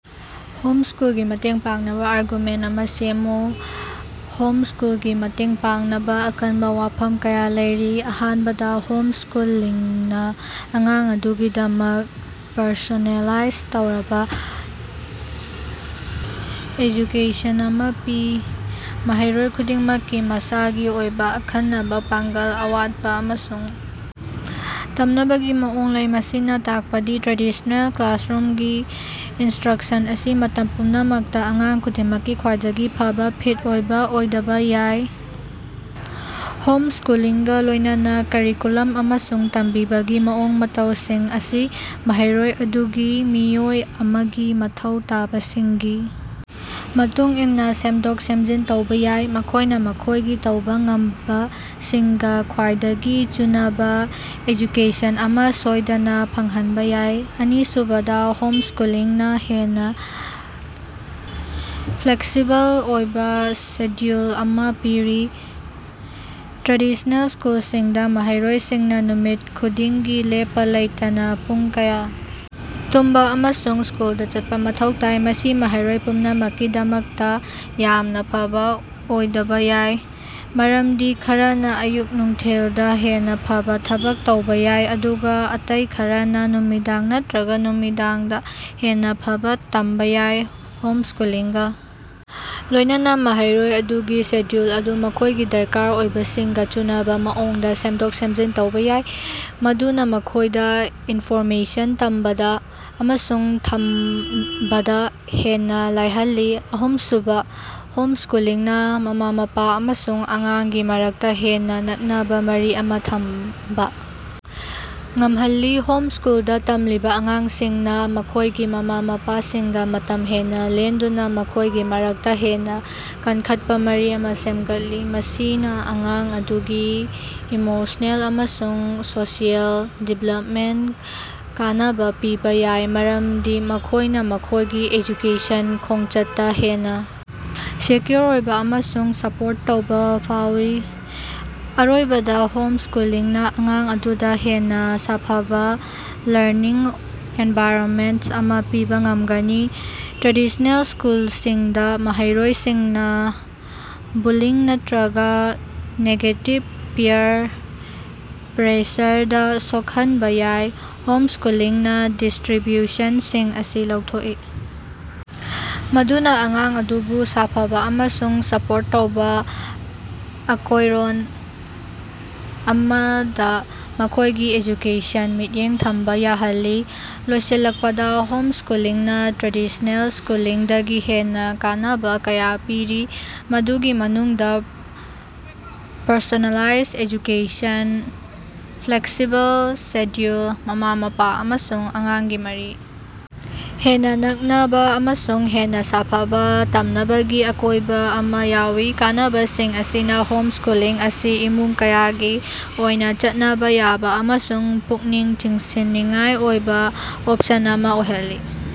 Home ꯁ꯭ꯀꯨꯜꯒꯤ ꯃꯇꯦꯡ ꯄꯥꯡꯅꯕꯥ ꯑꯥꯔꯒꯨꯃꯦꯟꯇ ꯑꯃꯥ ꯁꯦꯝꯃꯨ꯫ ꯍꯣꯝ ꯁ꯭ꯀꯨꯜꯒꯤ ꯃꯇꯦꯡ ꯄꯥꯡꯅꯕꯥ ꯑꯀꯟꯕꯥ ꯋꯥꯐꯝ ꯀꯌꯥ ꯂꯩꯔꯤ꯫ ꯑꯍꯥꯟꯕꯗꯥ, ꯍꯣꯝ ꯁ꯭ꯀꯨꯂꯤꯡꯅꯥ ꯑꯉꯥꯡ ꯑꯗꯨꯒꯤꯗꯃꯛ ꯄꯔꯁꯣꯅꯦꯂꯥꯏꯖ ꯇꯧꯔꯕꯥ ꯑꯦꯖꯨꯀꯦꯁꯟ ꯑꯃꯥ ꯄꯤ꯫ ꯃꯍꯩꯔꯣꯏ ꯈꯨꯗꯤꯡꯃꯛꯀꯤ ꯃꯁꯥꯒꯤ ꯑꯣꯏꯕꯥ ꯑꯈꯟꯅꯕꯥ ꯄꯥꯡꯒꯜ, ꯑꯋꯥꯠꯄꯥ ꯑꯃꯁꯨꯡ ꯇꯝꯅꯕꯒꯤ ꯃꯑꯣꯡ ꯂꯩ꯫ ꯃꯁꯤꯅꯥ ꯇꯥꯛꯄꯗꯤ ꯇ꯭ꯔꯦꯗꯤꯁꯅꯦꯜ ꯀ꯭ꯂꯥꯁꯔꯨꯝꯒꯤ ꯏꯟꯁꯇ꯭ꯔꯛꯁꯟ ꯑꯁꯤ ꯃꯇꯝ ꯄꯨꯝꯅꯃꯛꯇꯥ ꯑꯉꯥꯡ ꯈꯨꯗꯤꯡꯃꯛꯀꯤ ꯈ꯭ꯋꯥꯏꯗꯒꯤ ꯐꯕꯥ ꯐꯤꯠ ꯑꯣꯏꯕꯥ ꯑꯣꯏꯗꯕꯥ ꯌꯥꯏ꯫ ꯍꯣꯝ ꯁ꯭ꯀꯨꯂꯤꯡꯒꯥ ꯂꯣꯏꯅꯅꯥ, ꯀꯔꯤꯀꯨꯂꯝ ꯑꯃꯁꯨꯡ ꯇꯝꯕꯤꯕꯒꯤ ꯃꯑꯣꯡ-ꯃꯇꯧꯁꯤꯡ ꯑꯁꯤ ꯃꯍꯩꯔꯣꯏ ꯑꯗꯨꯒꯤ ꯃꯤꯑꯣꯏ ꯑꯃꯒꯤ ꯃꯊꯧ ꯇꯥꯕꯁꯤꯡꯒꯤ ꯃꯇꯨꯡꯏꯟꯅꯥ ꯁꯦꯝꯗꯣꯛ-ꯁꯦꯝꯖꯤꯟ ꯇꯧꯕꯥ ꯌꯥꯏ, ꯃꯈꯣꯏꯅꯥ ꯃꯈꯣꯏꯒꯤ ꯇꯧꯕꯥ ꯉꯝꯕꯁꯤꯡꯒꯥ ꯈ꯭ꯋꯥꯏꯗꯒꯤ ꯆꯨꯅꯕꯥ ꯑꯦꯖꯨꯀꯦꯁꯟ ꯑꯃꯥ ꯁꯣꯏꯗꯅꯥ ꯐꯪꯍꯟꯕꯥ ꯌꯥꯏ꯫ ꯑꯅꯤꯁꯨꯕꯗꯥ, ꯍꯣꯝ ꯁ꯭ꯀꯨꯂꯤꯡꯅꯥ ꯍꯦꯟꯅꯥ ꯐ꯭ꯂꯦꯛꯁꯤꯕꯜ ꯑꯣꯏꯕꯥ ꯁꯦꯗ꯭ꯌꯨꯜ ꯑꯃꯥ ꯄꯤꯔꯤ꯫ ꯇ꯭ꯔꯦꯗꯤꯁꯅꯦꯜ ꯁ꯭ꯀꯨꯂꯁꯤꯡꯗꯥ, ꯃꯍꯩꯔꯣꯏꯁꯤꯡꯅꯥ ꯅꯨꯃꯤꯠ ꯈꯨꯗꯤꯡꯒꯤ ꯂꯦꯞꯄꯥ ꯂꯩꯇꯅꯥ ꯄꯨꯡ ꯀꯌꯥ ꯇꯨꯝꯕꯥ ꯑꯃꯁꯨꯡ ꯁ꯭ꯀꯨꯜꯗꯥ ꯆꯠꯄꯥ ꯃꯊꯧ ꯇꯥꯏ꯫ ꯃꯁꯤ ꯃꯍꯩꯔꯣꯏ ꯄꯨꯝꯅꯃꯛꯀꯤꯗꯃꯛꯇꯥ ꯌꯥꯝꯅꯥ ꯐꯕꯥ ꯑꯣꯏꯗꯕꯥ ꯌꯥꯏ, ꯃꯔꯝꯗꯤ ꯈꯔꯅꯥ ꯑꯌꯨꯛ-ꯅꯨꯡꯊꯤꯜꯗꯥ ꯍꯦꯟꯅꯥ ꯐꯕꯥ ꯊꯕꯛ ꯇꯧꯕꯥ ꯌꯥꯏ, ꯑꯗꯨꯒꯥ ꯑꯇꯩ ꯈꯔꯅꯥ ꯅꯨꯃꯤꯗꯥꯡ ꯅꯠꯇ꯭ꯔꯒꯥ ꯅꯨꯃꯤꯗꯥꯡꯗꯥ ꯍꯦꯟꯅꯥ ꯐꯕꯥ ꯇꯝꯕꯥ ꯌꯥꯏ꯫ ꯍꯣꯝ ꯁ꯭ꯀꯨꯂꯤꯡꯒꯥ ꯂꯣꯏꯅꯅꯥ, ꯃꯍꯩꯔꯣꯏ ꯑꯗꯨꯒꯤ ꯁꯦꯗ꯭ꯌꯨꯜ ꯑꯗꯨ ꯃꯈꯣꯏꯒꯤ ꯗꯔꯀꯥꯔ ꯑꯣꯏꯕꯁꯤꯡꯒꯥ ꯆꯨꯅꯕꯥ ꯃꯑꯣꯡꯗꯥ ꯁꯦꯝꯗꯣꯛ-ꯁꯦꯝꯖꯤꯟ ꯇꯧꯕꯥ ꯌꯥꯏ, ꯃꯗꯨꯅꯥ ꯃꯈꯣꯏꯗꯥ ꯏꯟꯐꯣꯔꯃꯦꯁꯟ ꯇꯝꯕꯗꯥ ꯑꯃꯁꯨꯡ ꯊꯝꯕꯗꯥ ꯍꯦꯟꯅꯥ ꯂꯥꯏꯍꯜꯂꯤ꯫ ꯑꯍꯨꯝꯁꯨꯕꯥ, ꯍꯣꯝ ꯁ꯭ꯀꯨꯂꯤꯡꯅꯥ ꯃꯃꯥ-ꯃꯄꯥ ꯑꯃꯁꯨꯡ ꯑꯉꯥꯡꯒꯤ ꯃꯔꯛꯇꯥ ꯍꯦꯟꯅꯥ ꯅꯛꯅꯕꯥ ꯃꯔꯤ ꯑꯃꯥ ꯊꯝꯕꯥ ꯉꯝꯍꯜꯂꯤ꯫ ꯍꯣꯝ ꯁ꯭ꯀꯨꯜꯗꯥ ꯇꯝꯂꯤꯕꯥ ꯑꯉꯥꯡꯁꯤꯡꯅꯥ ꯃꯈꯣꯏꯒꯤ ꯃꯃꯥ-ꯃꯄꯥꯁꯤꯡꯒꯥ ꯃꯇꯝ ꯍꯦꯟꯅꯥ ꯂꯦꯟꯗꯨꯅꯥ ꯃꯈꯣꯏꯒꯤ ꯃꯔꯛꯇꯥ ꯍꯦꯟꯅꯥ ꯀꯟꯈꯠꯄꯥ ꯃꯔꯤ ꯑꯃꯥ ꯁꯦꯝꯒꯠꯂꯤ꯫ ꯃꯁꯤꯅꯥ ꯑꯉꯥꯡ ꯑꯗꯨꯒꯤ ꯏꯃꯣꯁꯅꯦꯜ ꯑꯃꯁꯨꯡ ꯁꯣꯁꯤꯑꯦꯜ ꯗꯤꯚꯦꯂꯞꯃꯦꯟꯗꯥ ꯀꯥꯟꯅꯕꯥ ꯄꯤꯕꯥ ꯌꯥꯏ, ꯃꯔꯝꯗꯤ ꯃꯈꯣꯏꯅꯥ ꯃꯈꯣꯏꯒꯤ ꯑꯦꯖꯨꯀꯦꯁꯟꯒꯤ ꯈꯣꯡꯆꯠꯇꯥ ꯍꯦꯟꯅꯥ ꯁꯦꯛꯌꯨꯑꯣꯔ ꯑꯣꯏꯕꯥ ꯑꯃꯁꯨꯡ ꯁꯄꯣꯔꯠ ꯇꯧꯕꯥ ꯐꯥꯎꯏ꯫ ꯑꯔꯣꯏꯕꯗꯥ, ꯍꯣꯝ ꯁ꯭ꯀꯨꯂꯤꯡꯅꯥ ꯑꯉꯥꯡ ꯑꯗꯨꯗꯥ ꯍꯦꯟꯅꯥ ꯁꯥꯐꯕꯥ ꯂꯔꯅꯤꯡ ꯑꯦꯟꯚꯥꯏꯔꯟꯃꯦꯟꯇ ꯑꯃꯥ ꯄꯤꯕꯥ ꯉꯝꯒꯅꯤ꯫ ꯇ꯭ꯔꯦꯗꯤꯁꯅꯦꯜ ꯁ꯭ꯀꯨꯜꯁꯤꯡꯗꯥ, ꯃꯍꯩꯔꯣꯏꯁꯤꯡꯅꯥ ꯕꯨꯜꯂꯤꯡ ꯅꯠꯇ꯭ꯔꯒꯥ ꯅꯦꯒꯦꯇꯤꯚ ꯄꯤꯌꯔ ꯄ꯭ꯔꯦꯁꯔꯗꯥ ꯁꯣꯛꯍꯟꯕꯥ ꯌꯥꯏ꯫ ꯍꯣꯝ ꯁ꯭ꯀꯨꯂꯤꯡꯅꯥ ꯗꯤꯁꯇ꯭ꯔꯤꯕ꯭ꯌꯨꯁꯟꯁꯤꯡ ꯑꯁꯤ ꯂꯧꯊꯣꯛꯏ, ꯃꯗꯨꯅꯥ ꯑꯉꯥꯡ ꯑꯗꯨꯕꯨ ꯁꯥꯐꯕꯥ ꯑꯃꯁꯨꯡ ꯁꯄꯣꯔꯠ ꯇꯧꯕꯥ ꯑꯀꯣꯏꯔꯣꯟ ꯑꯃꯗꯥ ꯃꯈꯣꯏꯒꯤ ꯑꯦꯖꯨꯀꯦꯁꯟꯗꯥ ꯃꯤꯠꯌꯦꯡ ꯊꯝꯕꯥ ꯌꯥꯍꯜꯂꯤ꯫ ꯂꯣꯏꯁꯤꯜꯂꯛꯄꯗꯥ, ꯍꯣꯝ ꯁ꯭ꯀꯨꯂꯤꯡꯅꯥ ꯇ꯭ꯔꯦꯗꯤꯁꯅꯦꯜ ꯁ꯭ꯀꯨꯂꯤꯡꯗꯒꯤ ꯍꯦꯟꯅꯥ ꯀꯥꯟꯅꯕꯥ ꯀꯌꯥ ꯄꯤꯔꯤ, ꯃꯗꯨꯒꯤ ꯃꯅꯨꯡꯗꯥ ꯄꯔꯁꯣꯅꯦꯂꯥꯏꯖ ꯑꯦꯖꯨꯀꯦꯁꯟ, ꯐ꯭ꯂꯦꯛꯁꯤꯕꯜ ꯁꯦꯗ꯭ꯌꯨꯜ, ꯃꯃꯥ-ꯃꯄꯥ ꯑꯃꯁꯨꯡ ꯑꯉꯥꯡꯒꯤ ꯃꯔꯤ ꯍꯦꯟꯅꯥ ꯅꯛꯅꯕꯥ, ꯑꯃꯁꯨꯡ ꯍꯦꯟꯅꯥ ꯁꯥꯐꯕꯥ ꯇꯝꯅꯕꯒꯤ ꯑꯀꯣꯏꯕꯥ ꯑꯃꯥ ꯌꯥꯎꯏ꯫ ꯀꯥꯟꯅꯕꯁꯤꯡ ꯑꯁꯤꯅꯥ ꯍꯣꯝ ꯁ꯭ꯀꯨꯂꯤꯡ ꯑꯁꯤ ꯏꯃꯨꯡ ꯀꯌꯥꯒꯤ ꯑꯣꯏꯅꯥ ꯆꯠꯅꯕꯥ ꯌꯥꯕꯥ ꯑꯃꯁꯨꯡ ꯄꯨꯛꯅꯤꯡ ꯆꯤꯡꯁꯤꯟꯅꯤꯡꯉꯥꯏ ꯑꯣꯏꯕꯥ ꯑꯣꯞꯁꯟ ꯑꯃꯥ ꯑꯣꯏꯍꯜꯂꯤ꯫